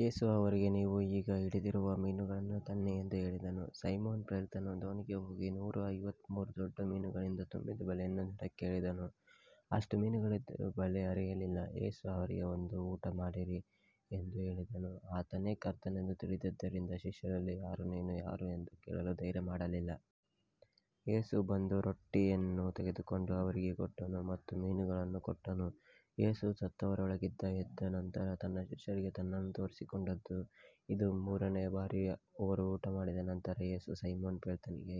ಯೇಸು ಅವರಿಗೆ, ನೀವು ಈಗ ಹಿಡಿದಿರುವ ಮೀನುಗಳನ್ನು ತನ್ನಿ ಎಂದು ಹೇಳಿದನು. ಸೈಮೋನ ಪೇತ್ರನು ದೋಣಿಗೆ ಹೋಗಿ ನೂರ ಐವತ್ತಮೂರು ದೊಡ್ಡ ಮೀನುಗಳಿಂದ ತುಂಬಿದ ಬಲೆಯನ್ನು ದಡಕ್ಕೆ ಎಳೆದನು. ಅಷ್ಟು ಮೀನುಗಳಿದ್ದರೂ ಬಲೆ ಹರಿಯಲಿಲ್ಲ. ಯೇಸು ಅವರಿಗೆ, ಬಂದು ಊಟಮಾಡಿರಿ ಎಂದು ಹೇಳಿದನು. ಆತನೇ ಕರ್ತನೆಂದು ತಿಳಿದಿದ್ದರಿಂದ ಶಿಷ್ಯರಲ್ಲಿ ಯಾರೂ, ನೀನು ಯಾರು ಎಂದು ಕೇಳಲು ಧೈರ್ಯ ಮಾಡಲಿಲ್ಲ. ಯೇಸು ಬಂದು ರೊಟ್ಟಿಯನ್ನು ತೆಗೆದುಕೊಂಡು ಅವರಿಗೆ ಕೊಟ್ಟನು ಮತ್ತು ಮೀನುಗಳನ್ನೂ ಕೊಟ್ಟನು. ಯೇಸು ಸತ್ತವರೊಳಗಿಂದ ಎದ್ದ ನಂತರ ತನ್ನ ಶಿಷ್ಯರಿಗೆ ತನ್ನನ್ನು ತೋರಿಸಿಕೊಂಡದ್ದು ಇದು ಮೂರನೆಯ ಬಾರಿ. ಅವರು ಊಟಮಾಡಿದ ನಂತರ ಯೇಸು ಸೈಮೋನ ಪೇತ್ರನಿಗೆ,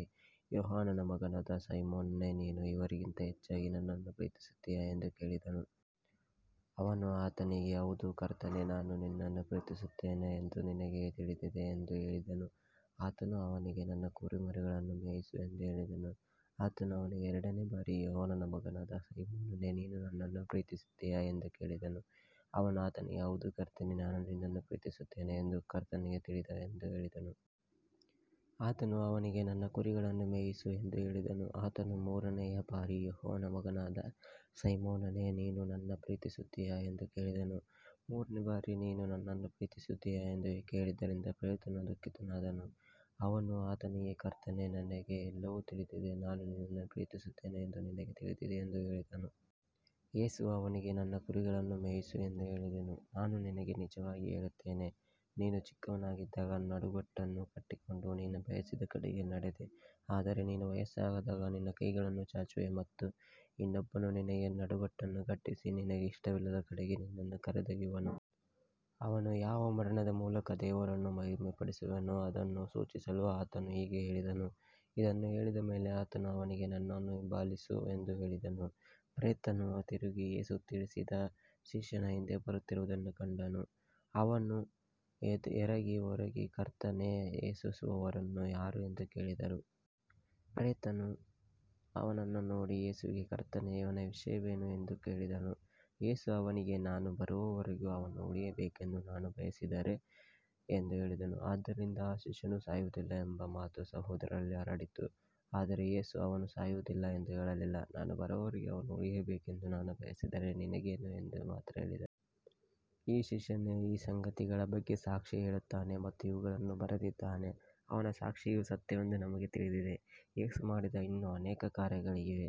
ಯೋಹಾನನ ಮಗನಾದ ಸೈಮೋನನೇ, ನೀನು ಇವರಿಗಿಂತ ಹೆಚ್ಚಾಗಿ ನನ್ನನ್ನು ಪ್ರೀತಿಸುತ್ತೀಯಾ ಎಂದು ಕೇಳಿದನು. ಅವನು ಆತನಿಗೆ, ಹೌದು ಕರ್ತನೇ, ನಾನು ನಿನ್ನನ್ನು ಪ್ರೀತಿಸುತ್ತೇನೆ ಎಂದು ನಿನಗೆ ತಿಳಿದಿದೆ ಎಂದು ಹೇಳಿದನು. ಆತನು ಅವನಿಗೆ, ನನ್ನ ಕುರಿಮರಿಗಳನ್ನು ಮೇಯಿಸು ಎಂದು ಹೇಳಿದನು. ಆತನು ಅವನಿಗೆ ಎರಡನೆಯ ಬಾರಿ, ಯೋಹಾನನ ಮಗನಾದ ಸೈಮೋನನೇ, ನೀನು ನನ್ನನ್ನು ಪ್ರೀತಿಸುತ್ತೀಯಾ ಎಂದು ಕೇಳಿದನು. ಅವನು ಆತನಿಗೆ, ಹೌದು ಕರ್ತನೇ, ನಾನು ನಿನ್ನನ್ನು ಪ್ರೀತಿಸುತ್ತೇನೆ ಎಂದು ನಿನಗೆ ತಿಳಿದಿದೆ ಎಂದು ಹೇಳಿದನು. ಆತನು ಅವನಿಗೆ, ನನ್ನ ಕುರಿಗಳನ್ನು ಮೇಯಿಸು ಎಂದು ಹೇಳಿದನು. ಆತನು ಮೂರನೆಯ ಬಾರಿ, ಯೋಹಾನನ ಮಗನಾದ ಸೈಮೋನನೇ, ನೀನು ನನ್ನನ್ನು ಪ್ರೀತಿಸುತ್ತೀಯಾ ಎಂದು ಕೇಳಿದನು. ಮೂರನೆಯ ಬಾರಿ ನೀನು ನನ್ನನ್ನು ಪ್ರೀತಿಸುತ್ತೀಯಾ ಎಂದು ಕೇಳಿದ್ದರಿಂದ ಪೇತ್ರನು ದುಃಖಿತನಾದನು. ಅವನು ಆತನಿಗೆ, ಕರ್ತನೇ, ನಿನಗೆ ಎಲ್ಲವೂ ತಿಳಿದಿದೆ, ನಾನು ನಿನ್ನನ್ನು ಪ್ರೀತಿಸುತ್ತೇನೆ ಎಂದು ನಿನಗೆ ತಿಳಿದಿದೆ ಎಂದು ಹೇಳಿದನು. ಯೇಸು ಅವನಿಗೆ, ನನ್ನ ಕುರಿಗಳನ್ನು ಮೇಯಿಸು ಎಂದು ಹೇಳಿದನು. ನಾನು ನಿನಗೆ ನಿಜವಾಗಿ ಹೇಳುತ್ತೇನೆ, ನೀನು ಚಿಕ್ಕವನಾಗಿದ್ದಾಗ ನಡುಗಟ್ಟನ್ನು ಕಟ್ಟಿಕೊಂಡು ನೀನು ಬಯಸಿದ ಕಡೆಗೆ ನಡೆದೆ, ಆದರೆ ನೀನು ವಯಸ್ಸಾದಾಗ ನಿನ್ನ ಕೈಗಳನ್ನು ಚಾಚುವೆ ಮತ್ತು ಇನ್ನೊಬ್ಬನು ನಿನಗೆ ನಡುಗಟ್ಟನ್ನು ಕಟ್ಟಿಸಿ, ನಿನಗೆ ಇಷ್ಟವಿಲ್ಲದ ಕಡೆಗೆ ನಿನ್ನನ್ನು ಕರೆದೊಯ್ಯುವನು. ಅವನು ಯಾವ ಮರಣದ ಮೂಲಕ ದೇವರನ್ನು ಮಹಿಮೆಪಡಿಸುವನೋ ಅದನ್ನು ಸೂಚಿಸಲು ಆತನು ಹೀಗೆ ಹೇಳಿದನು. ಇದನ್ನು ಹೇಳಿದ ಮೇಲೆ ಆತನು ಅವನಿಗೆ, ನನ್ನನ್ನು ಹಿಂಬಾಲಿಸು ಎಂದು ಹೇಳಿದನು. ಪೇತ್ರನು ತಿರುಗಿ ಯೇಸು ಪ್ರೀತಿಸಿದ ಶಿಷ್ಯನು ಹಿಂದೆ ಬರುತ್ತಿರುವುದನ್ನು ಕಂಡನು. ಅವನು ಊಟದ ಸಮಯದಲ್ಲಿ ಯೇಸುವಿನ ಎದೆಗೆ ಒರಗಿ, ಕರ್ತನೇ, ನಿನ್ನನ್ನು ದ್ರೋಹಿಸುವವನು ಯಾರು ಎಂದು ಕೇಳಿದವನು. ಪೇತ್ರನು ಅವನನ್ನು ನೋಡಿ ಯೇಸುವಿಗೆ, ಕರ್ತನೇ, ಇವನ ವಿಷಯವೇನು ಎಂದು ಕೇಳಿದನು. ಯೇಸು ಅವನಿಗೆ, ನಾನು ಬರುವವರೆಗೂ ಅವನು ಉಳಿಯಬೇಕೆಂದು ನಾನು ಬಯಸಿದರೆ ನಿನಗೇನು, ನೀನು ನನ್ನನ್ನು ಹಿಂಬಾಲಿಸು ಎಂದು ಹೇಳಿದನು. ಆದ್ದರಿಂದ ಆ ಶಿಷ್ಯನು ಸಾಯುವುದಿಲ್ಲ ಎಂಬ ಮಾತು ಸಹೋದರರಲ್ಲಿ ಹರಡಿತು. ಆದರೆ ಯೇಸು ಅವನು ಸಾಯುವುದಿಲ್ಲ ಎಂದು ಹೇಳಲಿಲ್ಲ, ನಾನು ಬರುವವರೆಗೂ ಅವನು ಉಳಿಯಬೇಕೆಂದು ನಾನು ಬಯಸಿದರೆ ನಿನಗೇನು ಎಂದು ಮಾತ್ರ ಹೇಳಿದನು. ಈ ಶಿಷ್ಯನೇ ಈ ಸಂಗತಿಗಳ ಬಗ್ಗೆ ಸಾಕ್ಷಿ ಹೇಳುತ್ತಾನೆ ಮತ್ತು ಇವುಗಳನ್ನು ಬರೆದಿದ್ದಾನೆ. ಅವನ ಸಾಕ್ಷಿಯು ಸತ್ಯವೆಂದು ನಮಗೆ ತಿಳಿದಿದೆ. ಯೇಸು ಮಾಡಿದ ಇನ್ನೂ ಅನೇಕ ಕಾರ್ಯಗಳಿವೆ.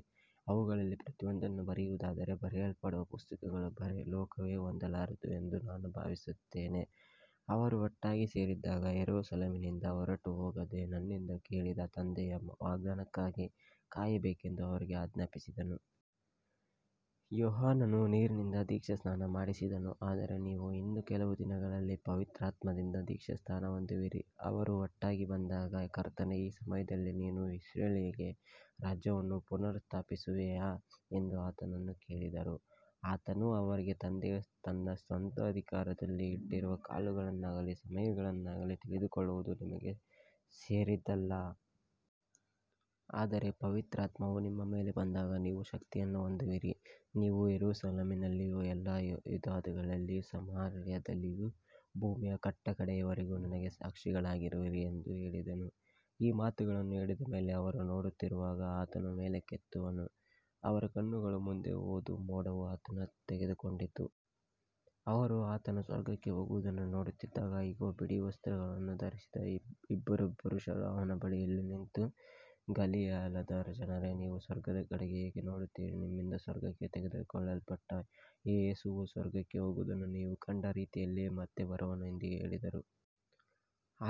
ಅವುಗಳಲ್ಲಿ ಪ್ರತಿಯೊಂದನ್ನೂ ಬರೆಯುವುದಾದರೆ, ಬರೆಯಲ್ಪಡುವ ಪುಸ್ತಕಗಳನ್ನು ಲೋಕವೇ ಹೊಂದಲಾರದು ಎಂದು ನಾನು ಭಾವಿಸುತ್ತೇನೆ. ಅವರು ಒಟ್ಟಾಗಿ ಸೇರಿದ್ದಾಗ, ಯೆರೂಸಲೇಮಿನಿಂದ ಹೊರಟುಹೋಗದೆ, ನನ್ನಿಂದ ಕೇಳಿದ ತಂದೆಯ ವಾಗ್ದಾನಕ್ಕಾಗಿ ಕಾಯಬೇಕೆಂದು ಅವರಿಗೆ ಆಜ್ಞಾಪಿಸಿದನು. ಯೋಹಾನನು ನೀರಿನಿಂದ ದೀಕ್ಷಾಸ್ನಾನ ಮಾಡಿಸಿದನು, ಆದರೆ ನೀವು ಇನ್ನೂ ಕೆಲವು ದಿನಗಳಲ್ಲಿ ಪವಿತ್ರಾತ್ಮದಿಂದ ದೀಕ್ಷಾಸ್ನಾನ ಹೊಂದುವಿರಿ. ಅವರು ಒಟ್ಟಾಗಿ ಬಂದಾಗ, ಕರ್ತನೇ, ಈ ಸಮಯದಲ್ಲಿ ನೀನು ಇಸ್ರಾಯೇಲಿಗೆ ರಾಜ್ಯವನ್ನು ಪುನಃ ಸ್ಥಾಪಿಸುವೆಯಾ ಎಂದು ಆತನನ್ನು ಕೇಳಿದರು. ಆತನು ಅವರಿಗೆ, ತಂದೆಯು ತನ್ನ ಸ್ವಂತ ಅಧಿಕಾರದಲ್ಲಿ ಇಟ್ಟಿರುವ ಕಾಲಗಳನ್ನಾಗಲಿ ಸಮಯಗಳನ್ನಾಗಲಿ ತಿಳಿದುಕೊಳ್ಳುವುದು ನಿಮಗೆ ಸೇರಿದ್ದಲ್ಲ. ಆದರೆ ಪವಿತ್ರಾತ್ಮವು ನಿಮ್ಮ ಮೇಲೆ ಬಂದಾಗ ನೀವು ಶಕ್ತಿಯನ್ನು ಹೊಂದುವಿರಿ. ನೀವು ಯೆರೂಸಲೇಮಿನಲ್ಲಿಯೂ ಎಲ್ಲಾ ಯೂದಾಯದಲ್ಲಿಯೂ ಸಮಾರ್ಯದಲ್ಲಿಯೂ ಭೂಮಿಯ ಕಟ್ಟಕಡೆಯವರೆಗೂ ನನಗೆ ಸಾಕ್ಷಿಗಳಾಗಿರುವಿರಿ ಎಂದು ಹೇಳಿದನು. ಈ ಮಾತುಗಳನ್ನು ಹೇಳಿದ ಮೇಲೆ ಅವರು ನೋಡುತ್ತಿರುವಾಗ ಆತನು ಮೇಲಕ್ಕೆತ್ತಲ್ಪಟ್ಟನು ಮತ್ತು ಅವರ ಕಣ್ಣುಗಳ ಮುಂದೆ ಒಂದು ಮೋಡವು ಆತನನ್ನು ತೆಗೆದುಕೊಂಡಿತು. ಅವರು ಆತನು ಸ್ವರ್ಗಕ್ಕೆ ಹೋಗುವುದನ್ನು ನೋಡುತ್ತಿದ್ದಾಗ, ಇಗೋ, ಬಿಳಿ ವಸ್ತ್ರಗಳನ್ನು ಧರಿಸಿದ ಇಬ್ಬರು ಪುರುಷರು ಅವರ ಬಳಿಯಲ್ಲಿ ನಿಂತು, ಗಲಿಲಾಯದ ಜನರೇ, ನೀವು ಸ್ವರ್ಗದ ಕಡೆಗೆ ಏಕೆ ನೋಡುತ್ತೀರಿ. ನಿಮ್ಮಿಂದ ಸ್ವರ್ಗಕ್ಕೆ ತೆಗೆದುಕೊಳ್ಳಲ್ಪಟ್ಟ ಈ ಯೇಸುವು ಸ್ವರ್ಗಕ್ಕೆ ಹೋಗುವುದನ್ನು ನೀವು ಕಂಡ ರೀತಿಯಲ್ಲಿಯೇ ಮತ್ತೆ ಬರುವನು ಎಂದು ಹೇಳಿದರು.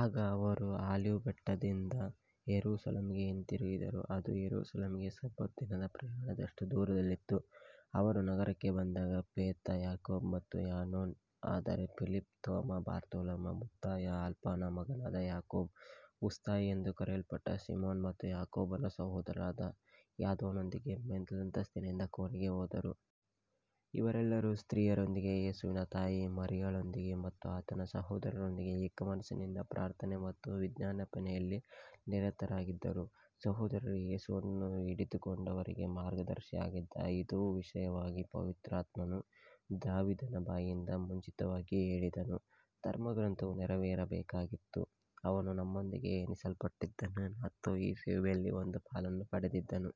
ಆಗ ಅವರು ಆಲಿವ್ ಬೆಟ್ಟದಿಂದ ಯೆರೂಸಲೇಮಿಗೆ ಹಿಂದಿರುಗಿದರು. ಅದು ಯೆರೂಸಲೇಮಿಗೆ ಸಬ್ಬತ್ ದಿನದ ಪ್ರಯಾಣದಷ್ಟು ದೂರದಲ್ಲಿತ್ತು. ಅವರು ನಗರಕ್ಕೆ ಬಂದಾಗ ಪೇತ್ರ, ಯಾಕೋಬ, ಯೋಹಾನ, ಅಂದ್ರೆಯ, ಫಿಲಿಪ್ಪ, ತೋಮ, ಬಾರ್ತಲೋಮಾಯ, ಮತ್ತಾಯ, ಅಲ್ಫಾಯನ ಮಗನಾದ ಯಾಕೋಬ, ಉತ್ಸಾಹಿಯೆಂದು ಕರೆಯಲ್ಪಟ್ಟ ಸಿಮೋನ ಮತ್ತು ಯಾಕೋಬನ ಸಹೋದರನಾದ ಯೂದನೊಂದಿಗೆ ಮೇಲಂತಸ್ತಿನ ಕೋಣೆಗೆ ಹೋದರು. ಇವರೆಲ್ಲರೂ ಸ್ತ್ರೀಯರೊಂದಿಗೆ, ಯೇಸುವಿನ ತಾಯಿ ಮರಿಯಳೊಂದಿಗೆ ಮತ್ತು ಆತನ ಸಹೋದರರೊಂದಿಗೆ ಏಕಮನಸ್ಸಿನಿಂದ ಪ್ರಾರ್ಥನೆ ಮತ್ತು ವಿಜ್ಞಾಪನೆಯಲ್ಲಿ ನಿರತರಾಗಿದ್ದರು. ಸಹೋದರರೇ, ಯೇಸುವನ್ನು ಹಿಡಿದುಕೊಂಡವರಿಗೆ ಮಾರ್ಗದರ್ಶಿಯಾಗಿದ್ದ ಯೂದನ ವಿಷಯವಾಗಿ ಪವಿತ್ರಾತ್ಮನು ದಾವೀದನ ಬಾಯಿಂದ ಮುಂಚಿತವಾಗಿ ಹೇಳಿದ ಧರ್ಮಗ್ರಂಥವು ನೆರವೇರಬೇಕಾಗಿತ್ತು. ಅವನು ನಮ್ಮೊಂದಿಗೆ ಎಣಿಸಲ್ಪಟ್ಟಿದ್ದನು ಮತ್ತು ಈ ಸೇವೆಯಲ್ಲಿ ಒಂದು ಪಾಲನ್ನು ಪಡೆದಿದ್ದನು.